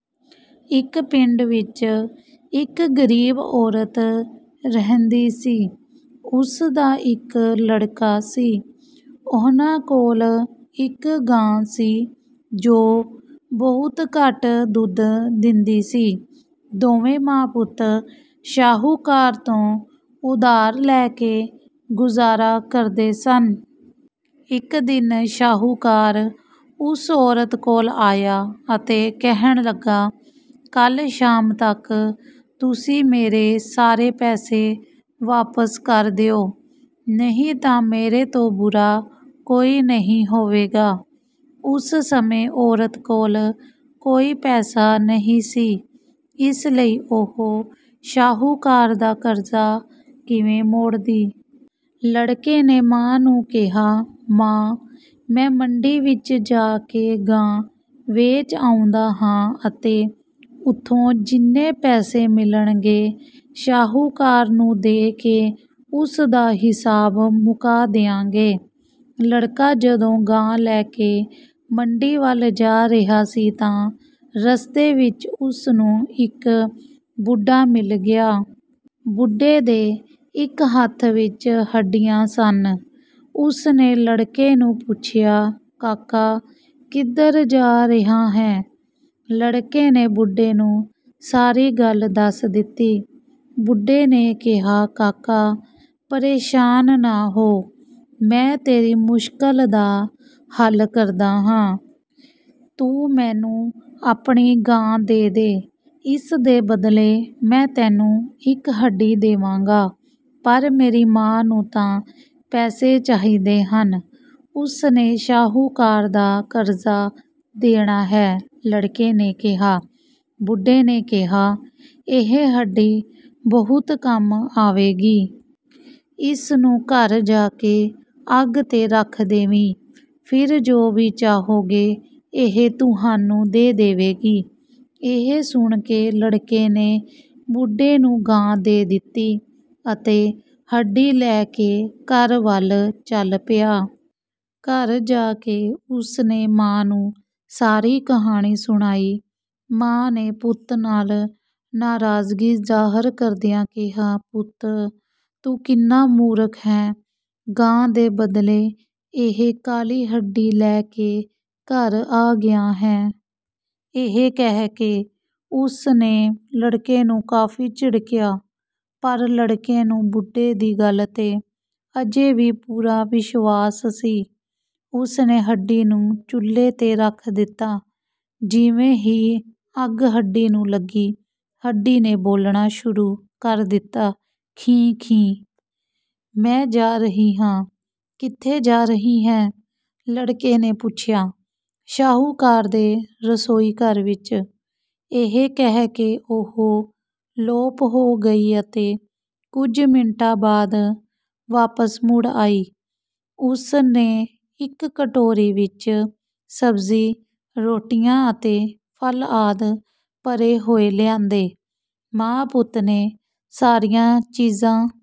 ਇੱਕ ਪਿੰਡ ਵਿੱਚ ਇੱਕ ਗ਼ਰੀਬ ਔਰਤ ਰਹਿੰਦੀ ਸੀ। ਉਸ ਦਾ ਇੱਕ ਲੜਕਾ ਸੀ। ਉਹਨਾਂ ਕੋਲ ਇੱਕ ਗਾਂ ਸੀ, ਜੋ ਬਹੁਤ ਘੱਟ ਦੁੱਧ ਦਿੰਦੀ ਸੀ। ਦੋਵੇਂ ਮਾਂ-ਪੁੱਤ ਸ਼ਾਹੂਕਾਰ ਤੋਂ ਉਧਾਰ ਲੈ ਕੇ ਗੁਜ਼ਾਰਾ ਕਰਦੇ ਸਨ। ਇੱਕ ਦਿਨ ਸ਼ਾਹੂਕਾਰ ਉਸ ਔਰਤ ਕੋਲ ਆਇਆ ਅਤੇ ਕਹਿਣ ਲੱਗਾ, "ਕੱਲ੍ਹ ਸ਼ਾਮ ਤੱਕ ਤੁਸੀਂ ਮੇਰੇ ਸਾਰੇ ਪੈਸੇ ਵਾਪਸ ਕਰ ਦਿਓ, ਨਹੀਂ ਤਾਂ ਮੇਰੇ ਤੋਂ ਬੁਰਾ ਕੋਈ ਨਹੀਂ ਹੋਵੇਗਾ।" ਉਸ ਸਮੇਂ ਔਰਤ ਕੋਲ ਕੋਈ ਪੈਸਾ ਨਹੀਂ ਸੀ, ਇਸ ਲਈ ਉਹ ਸ਼ਾਹੂਕਾਰ ਦਾ ਕਰਜ਼ਾ ਕਿਵੇਂ ਮੋੜਦੀ? ਲੜਕੇ ਨੇ ਮਾਂ ਨੂੰ ਕਿਹਾ, "ਮਾਂ, ਮੈਂ ਮੰਡੀ ਵਿੱਚ ਜਾ ਕੇ ਗਾਂ ਵੇਚ ਆਉਂਦਾ ਹਾਂ ਅਤੇ ਉੱਥੋਂ ਜਿੰਨੇ ਪੈਸੇ ਮਿਲਣਗੇ, ਸ਼ਾਹੂਕਾਰ ਨੂੰ ਦੇ ਕੇ ਉਸ ਦਾ ਹਿਸਾਬ ਮੁਕਾ ਦਿਆਂਗੇ।" ਲੜਕਾ ਜਦੋਂ ਗਾਂ ਲੈ ਕੇ ਮੰਡੀ ਵੱਲ ਜਾ ਰਿਹਾ ਸੀ ਤਾਂ ਰਸਤੇ ਵਿੱਚ ਉਸ ਨੂੰ ਇੱਕ ਬੁੱਢਾ ਮਿਲ ਗਿਆ। ਬੁੱਢੇ ਦੇ ਇੱਕ ਹੱਥ ਵਿੱਚ ਹੱਡੀਆਂ ਸਨ। ਉਸ ਨੇ ਲੜਕੇ ਨੂੰ ਪੁੱਛਿਆ, "ਕਾਕਾ, ਕਿੱਧਰ ਜਾ ਰਿਹਾ ਹੈਂ?" ਲੜਕੇ ਨੇ ਬੁੱਢੇ ਨੂੰ ਸਾਰੀ ਗੱਲ ਦੱਸ ਦਿੱਤੀ। ਬੁੱਢੇ ਨੇ ਕਿਹਾ, "ਕਾਕਾ, ਪ੍ਰੇਸ਼ਾਨ ਨਾ ਹੋ, ਮੈਂ ਤੇਰੀ ਮੁਸ਼ਕਲ ਦਾ ਹੱਲ ਕਰਦਾ ਹਾਂ। ਤੂੰ ਮੈਨੂੰ ਆਪਣੀ ਗਾਂ ਦੇ ਦੇ, ਇਸ ਦੇ ਬਦਲੇ ਮੈਂ ਤੈਨੂੰ ਇੱਕ ਹੱਡੀ ਦੇਵਾਂਗਾ।" "ਪਰ ਮੇਰੀ ਮਾਂ ਨੂੰ ਤਾਂ ਪੈਸੇ ਚਾਹੀਦੇ ਹਨ, ਉਸ ਨੇ ਸ਼ਾਹੂਕਾਰ ਦਾ ਕਰਜ਼ਾ ਦੇਣਾ ਹੈ," ਲੜਕੇ ਨੇ ਕਿਹਾ। ਬੁੱਢੇ ਨੇ ਕਿਹਾ, "ਇਹ ਹੱਡੀ ਬਹੁਤ ਕੰਮ ਆਵੇਗੀ। ਇਸ ਨੂੰ ਘਰ ਜਾ ਕੇ ਅੱਗ 'ਤੇ ਰੱਖ ਦੇਵੀਂ, ਫਿਰ ਜੋ ਵੀ ਚਾਹੋਗੇ, ਇਹ ਤੁਹਾਨੂੰ ਦੇ ਦੇਵੇਗੀ।" ਇਹ ਸੁਣ ਕੇ ਲੜਕੇ ਨੇ ਬੁੱਢੇ ਨੂੰ ਗਾਂ ਦੇ ਦਿੱਤੀ ਅਤੇ ਹੱਡੀ ਲੈ ਕੇ ਘਰ ਵੱਲ ਚੱਲ ਪਿਆ। ਘਰ ਜਾ ਕੇ ਉਸ ਨੇ ਮਾਂ ਨੂੰ ਸਾਰੀ ਕਹਾਣੀ ਸੁਣਾਈ। ਮਾਂ ਨੇ ਪੁੱਤ ਨਾਲ ਨਾਰਾਜ਼ਗੀ ਜ਼ਾਹਰ ਕਰਦਿਆਂ ਕਿਹਾ, "ਪੁੱਤ, ਤੂੰ ਕਿੰਨਾ ਮੂਰਖ ਹੈਂ! ਗਾਂ ਦੇ ਬਦਲੇ ਇਹ ਕਾਲੀ ਹੱਡੀ ਲੈ ਕੇ ਘਰ ਆ ਗਿਆ ਹੈਂ?" ਇਹ ਕਹਿ ਕੇ ਉਸ ਨੇ ਲੜਕੇ ਨੂੰ ਕਾਫ਼ੀ ਝਿੜਕਿਆ। ਪਰ ਲੜਕੇ ਨੂੰ ਬੁੱਢੇ ਦੀ ਗੱਲ 'ਤੇ ਅਜੇ ਵੀ ਪੂਰਾ ਵਿਸ਼ਵਾਸ ਸੀ। ਉਸ ਨੇ ਹੱਡੀ ਨੂੰ ਚੁੱਲ੍ਹੇ 'ਤੇ ਰੱਖ ਦਿੱਤਾ। ਜਿਵੇਂ ਹੀ ਅੱਗ ਹੱਡੀ ਨੂੰ ਲੱਗੀ, ਹੱਡੀ ਨੇ ਬੋਲਣਾ ਸ਼ੁਰੂ ਕਰ ਦਿੱਤਾ, "ਖੀਂ-ਖੀਂ... ਮੈਂ ਜਾ ਰਹੀ ਹਾਂ।" "ਕਿੱਥੇ ਜਾ ਰਹੀ ਹੈਂ?" ਲੜਕੇ ਨੇ ਪੁੱਛਿਆ। "ਸ਼ਾਹੂਕਾਰ ਦੇ ਰਸੋਈ ਘਰ ਵਿੱਚ," ਇਹ ਕਹਿ ਕੇ ਉਹ ਲੋਪ ਹੋ ਗਈ ਅਤੇ ਕੁਝ ਮਿੰਟਾਂ ਬਾਅਦ ਵਾਪਸ ਮੁੜ ਆਈ। ਉਸ ਨੇ ਇੱਕ ਟੋਕਰੀ ਵਿੱਚ ਸਬਜ਼ੀ, ਰੋਟੀਆਂ ਅਤੇ ਫ਼ਲ ਆਦਿ ਭਰੇ ਹੋਏ ਲਿਆਂਦੇ। ਮਾਂ-ਪੁੱਤ ਨੇ ਸਾਰੀਆਂ ਚੀਜ਼ਾਂ